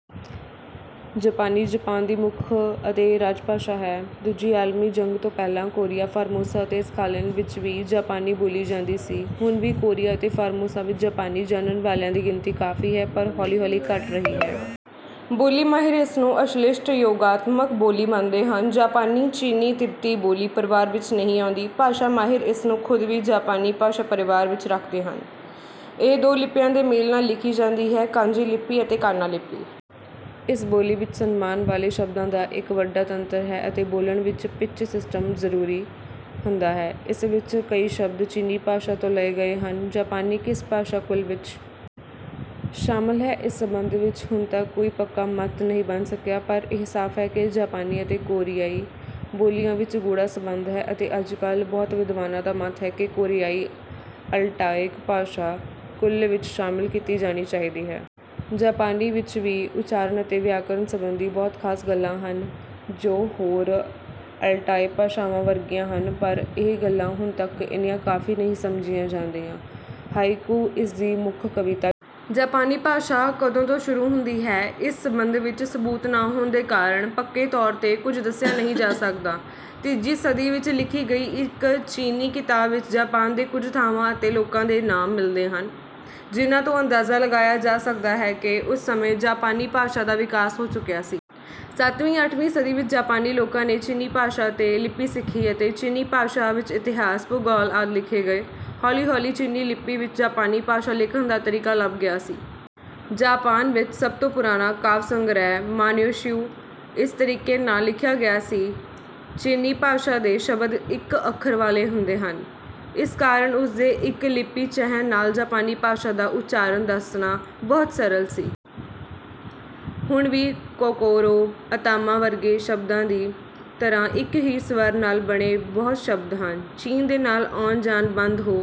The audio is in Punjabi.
ਜਪਾਨੀ ਜਪਾਨ ਦੀ ਮੁੱਖ ਅਤੇ ਰਾਜਭਾਸ਼ਾ ਹੈ। ਦੂਜੀ ਆਲਮੀ ਜੰਗ ਤੋਂ ਪਹਿਲਾਂ ਕੋਰੀਆ, ਫਾਰਮੋਸਾ ਅਤੇ ਸਖਾਲਿਨ ਵਿੱਚ ਵੀ ਜਾਪਾਨੀ ਬੋਲੀ ਜਾਂਦੀ ਸੀ। ਹੁਣ ਵੀ ਕੋਰੀਆ ਅਤੇ ਫਾਰਮੋਸਾ ਵਿੱਚ ਜਾਪਾਨੀ ਜਾਨਣ ਵਾਲਿਆਂ ਦੀ ਗਿਣਤੀ ਕਾਫ਼ੀ ਹੈ ਪਰ ਹੌਲੀ-ਹੌਲੀ ਘੱਟ ਰਹੀ ਹੈ। ਬੋਲੀ ਮਾਹਿਰ ਇਸਨੂੰ ਅਸ਼ਲਿਸ਼ਟ-ਯੋਗਾਤਮਕ ਬੋਲੀ ਮੰਨਦੇ ਹਨ। ਜਾਪਾਨੀ ਚੀਨੀ-ਤਿੱਬਤੀ ਬੋਲੀ-ਪਰਵਾਰ ਵਿੱਚ ਨਹੀਂ ਆਉਂਦੀ। ਭਾਸ਼ਾ ਮਾਹਿਰ ਇਸਨੂੰ ਖ਼ੁਦ ਵੀ ਜਾਪਾਨੀ ਭਾਸ਼ਾ-ਪਰਵਾਰ ਵਿੱਚ ਰੱਖਦੇ ਹਨ। ਇਹ ਦੋ ਲਿਪੀਆਂ ਦੇ ਮੇਲ ਨਾਲ ਲਿਖੀ ਜਾਂਦੀ ਹੈ। ਕਾਂਜੀ ਲਿਪੀ ਅਤੇ ਕਾਣਾ ਲਿਪੀ। ਇਸ ਬੋਲੀ ਵਿੱਚ ਸਨਮਾਨ ਵਾਲੇ ਸ਼ਬਦਾਂ ਦਾ ਇੱਕ ਵੱਡਾ ਤੰਤਰ ਹੈ ਅਤੇ ਬੋਲਣ ਵਿੱਚ ਪਿਚ-ਸਿਸਟਮ ਜ਼ਰੂਰੀ ਹੁੰਦਾ ਹੈ। ਇਸ ਵਿੱਚ ਕਈ ਸ਼ਬਦ ਚੀਨੀ ਭਾਸ਼ਾ ਤੋਂ ਲਏ ਗਏ ਹਨ। ਜਾਪਾਨੀ ਕਿਸ ਭਾਸ਼ਾ ਕੁਲ ਵਿੱਚ ਸ਼ਾਮਲ ਹੈ ਇਸ ਸਬੰਧ ਵਿੱਚ ਹੁਣ ਤੱਕ ਕੋਈ ਪੱਕਾ ਮਤ ਨਹੀਂ ਬਣ ਸਕਿਆ ਪਰ ਇਹ ਸਾਫ਼ ਹੈ ਕਿ ਜਾਪਾਨੀ ਅਤੇ ਕੋਰੀਆਈ ਬੋਲੀਆਂ ਵਿੱਚ ਗੂੜ੍ਹਾ ਸਬੰਧ ਹੈ ਅਤੇ ਅੱਜਕੱਲ੍ਹ ਬਹੁਤ ਵਿਦਵਾਨਾਂ ਦਾ ਮਤ ਹੈ ਕਿ ਕੋਰੀਆਈ ਅਲਟਾਇਕ ਭਾਸ਼ਾ ਕੁਲ ਵਿੱਚ ਸ਼ਾਮਲ ਕੀਤੀ ਜਾਣੀ ਚਾਹੀਦੀ ਹੈ। ਜਾਪਾਨੀ ਵਿੱਚ ਵੀ ਉੱਚਾਰਣ ਅਤੇ ਵਿਆਕਰਨ ਸੰਬੰਧੀ ਬਹੁਤ ਖ਼ਾਸ ਗੱਲਾਂ ਹਨ ਜੋ ਹੋਰ ਅਲਟਾਇ ਭਾਸ਼ਾਵਾਂ ਵਰਗੀਆਂ ਹਨ ਪਰ ਇਹ ਗੱਲਾਂ ਹੁਣ ਤੱਕ ਇੰਨੀਆਂ ਕਾਫ਼ੀ ਨਹੀਂ ਸਮਝੀਆਂ ਜਾਂਦੀਆਂ। ਹਾਇਕੂ ਇਸ ਦੀ ਮੁੱਖ ਕਵਿਤਾ ਵਿਧਾ ਹੈ। ਜਾਪਾਨੀ ਭਾਸ਼ਾ ਕਦੋਂ ਤੋਂ ਸ਼ੁਰੂ ਹੁੰਦੀ ਹੈ ਇਸ ਸਬੰਧ ਵਿੱਚ ਸਬੂਤ ਨਾ ਹੋਣ ਦੇ ਕਾਰਨ ਪੱਕੇ ਤੌਰ ਤੇ ਕੁੱਝ ਦੱਸਿਆ ਨਹੀਂ ਜਾ ਸਕਦਾ। ਤੀਜੀ ਸਦੀ ਵਿੱਚ ਲਿਖੀ ਗਈ ਇੱਕ ਚੀਨੀ ਕਿਤਾਬ ਵਿੱਚ ਜਾਪਾਨ ਦੇ ਕੁੱਝ ਥਾਵਾਂ ਅਤੇ ਲੋਕਾਂ ਦੇ ਨਾਮ ਮਿਲਦੇ ਹਨ ਜਿਹਨਾਂ ਤੋਂ ਅੰਦਾਜ਼ਾ ਲਗਾਇਆ ਜਾ ਸਕਦਾ ਹੈ ਕਿ ਉਸ ਸਮੇਂ ਜਾਪਾਨੀ ਭਾਸ਼ਾ ਦਾ ਵਿਕਾਸ ਹੋ ਚੁੱਕਿਆ ਸੀ। ਸੱਤਵੀਂ ਅੱਠਵੀਂ ਸਦੀ ਵਿੱਚ ਜਾਪਾਨੀ ਲੋਕਾਂ ਨੇ ਚੀਨੀ ਭਾਸ਼ਾ ਅਤੇ ਲਿਪੀ ਸਿੱਖੀ ਅਤੇ ਚੀਨੀ ਭਾਸ਼ਾ ਵਿੱਚ ਇਤਹਾਸ, ਭੂਗੋਲ ਆਦਿ ਲਿਖੇ ਗਏ। ਹੌਲੀ-ਹੌਲੀ ਚੀਨੀ ਲਿਪੀ ਵਿੱਚ ਜਾਪਾਨੀ ਭਾਸ਼ਾ ਲਿਖਣ ਦਾ ਤਰੀਕਾ ਲੱਭ ਲਿਆ ਗਿਆ। ਜਾਪਾਨ ਵਿੱਚ ਸਭ ਤੋਂ ਪੁਰਾਣਾ ਕਾਵਿ-ਸੰਗ੍ਰਿਹ ਮਾਨਯੋਸ਼ਿਊ ਇਸ ਤਰੀਕੇ ਨਾਲ ਲਿਖਿਆ ਗਿਆ ਸੀ। ਚੀਨੀ ਭਾਸ਼ਾ ਦੇ ਸ਼ਬਦ ਇੱਕ ਅੱਖਰ ਵਾਲੇ ਹੁੰਦੇ ਹਨ। ਇਸ ਕਾਰਨ ਉਸ ਦੇ ਇੱਕ ਲਿਪੀ ਚਿਹਨ ਨਾਲ ਜਾਪਾਨੀ ਭਾਸ਼ਾ ਦਾ ਉੱਚਾਰਣ ਦੱਸਣਾ ਬਹੁਤ ਸਰਲ ਸੀ। ਹੁਣ ਵੀ ਕੋਕੋਰੋ, ਅਤਾਮਾ ਵਰਗੇ ਸ਼ਬਦਾਂ ਦੀ ਤਰ੍ਹਾਂ ਇੱਕ ਹੀ ਸਵਰ ਨਾਲ ਬਣੇ ਬਹੁਤ ਸ਼ਬਦ ਹਨ। ਚੀਨ ਦੇ ਨਾਲ ਆਉਣ ਜਾਣ ਬੰਦ ਹੋ